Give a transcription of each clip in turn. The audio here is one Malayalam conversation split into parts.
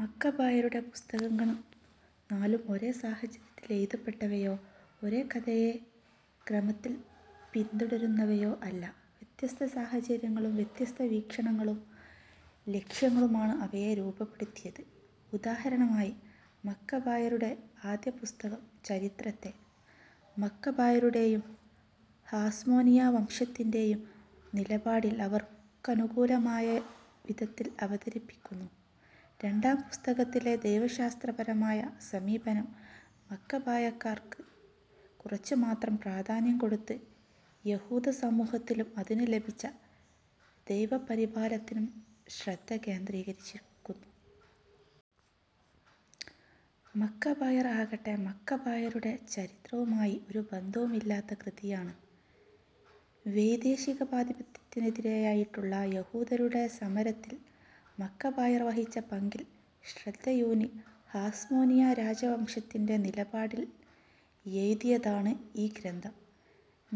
മക്കബായരുടെ പുസ്തകങ്ങൾ നാലും ഒരേ സാഹചര്യത്തിൽ എഴുതപ്പെട്ടവയോ ഒരേ കഥയെ ക്രമത്തിൽ പിന്തുടരുന്നവയോ അല്ല. വ്യത്യസ്തസാഹചര്യങ്ങളും വ്യത്യസ്തവീക്ഷണങ്ങളും ലക്ഷ്യങ്ങളുമാണ് അവയെ രൂപപ്പെടുത്തിയത്. ഉദാഹരണമായി മക്കബായരുടെ ആദ്യപുസ്തകം ചരിത്രത്തെ, മക്കബായരുടേയും ഹാസ്മോനിയ വംശത്തിന്റേയും നിലപാടിൽ അവർക്കനുകൂലമായ വിധത്തിൽ അവതരിപ്പിക്കുന്നു. രണ്ടാം പുസ്തകത്തിലെ ദൈവശാസ്ത്രപരമായ സമീപനം, മക്കബായർക്ക് കുറച്ചു മാത്രം പ്രാധാന്യം കൊടുത്ത് യഹൂദസമൂഹത്തിലും അതിനു ലഭിച്ച ദൈവപരിപാലനയിലും ശ്രദ്ധകേന്ദ്രീകരിക്കുന്നു. മക്കബായർ ആകട്ടെ, മക്കബായരുടെ ചരിത്രവുമായി ഒരു ബന്ധവുമില്ലാത്ത കൃതിയാണ്. വൈദേശികാധിപത്യത്തിനെതിരായുള്ള യഹൂദരുടെ സമരത്തിൽ മക്കബായർ വഹിച്ച പങ്കിൽ ശ്രദ്ധയൂന്നി ഹാസ്മോനിയ രാജവംശത്തിന്റെ നിലപാടിൽ എഴുതിയതാണ് ഈ ഗ്രന്ഥം.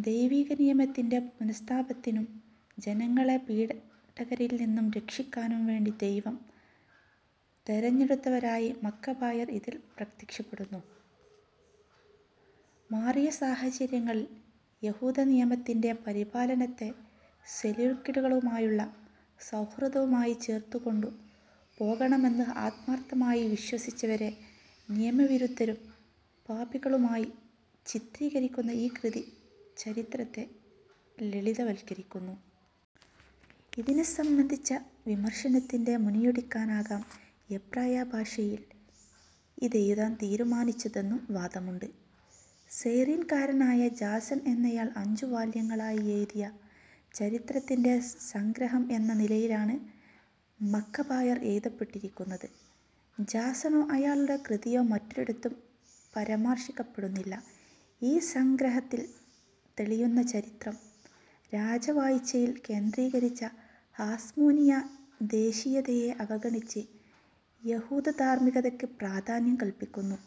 ദൈവികനിയമത്തിന്റെ പുനഃസ്ഥാപനത്തിനും ജനങ്ങളെ പീഡകരിൽ നിന്നു രക്ഷിക്കാനും വേണ്ടി ദൈവം തെരഞ്ഞെടുത്തവരായി മക്കബായർ ഇതിൽ പ്രത്യക്ഷപ്പെടുന്നു. മാറിയ സാഹചര്യങ്ങളിൽ, യഹൂദനിയമത്തിന്റെ പരിപാലനത്തെ സെല്യൂക്കിഡുകളുമായുള്ള സൗഹൃദവുമായി ചേർത്തുകൊണ്ടു പോകണമെന്ന് ആത്മാർത്ഥമായി വിശ്വസിച്ചവരെ നിയമവിരുദ്ധരും പാപികളുമായി ചിത്രീകരിക്കുന്ന ഈ കൃതി ചരിത്രത്തെ ലളിതവൽക്കരിക്കുന്നു. ഇതിനെ സംബന്ധിച്ച വിമർശനത്തിന്റെ മുനയൊടിക്കാനാകാം എബ്രായ ഭാഷയിൽ ഇതെഴുതാൻ തീരുമാനിച്ചതെന്നു വാദമുണ്ട്. സൈറീൻകാരനായ ജാസൺ എന്നയാൾ അഞ്ചു വാല്യങ്ങളായി എഴുതിയ ചരിത്രത്തിന്റെ സംഗ്രഹം എന്ന നിലയിലാണ് മക്കബായർ എഴുതപ്പെട്ടിരിക്കുന്നത്. ജാസണോ അയാളുടെ കൃതിയോ മറ്റൊരിടത്തും പരാമർശിക്കപ്പെടുന്നില്ല. ഈ സംഗ്രഹത്തിൽ തെളിയുന്ന ചരിത്രം, രാജവാഴ്ചയിൽ കേന്ദ്രീകരിച്ച ഹാസ്മോനിയ ദേശീയതയെ അവഗണിച്ച് യഹൂദധാർമ്മികതയ്ക്ക് പ്രാധാന്യം കല്പിക്കുന്നു.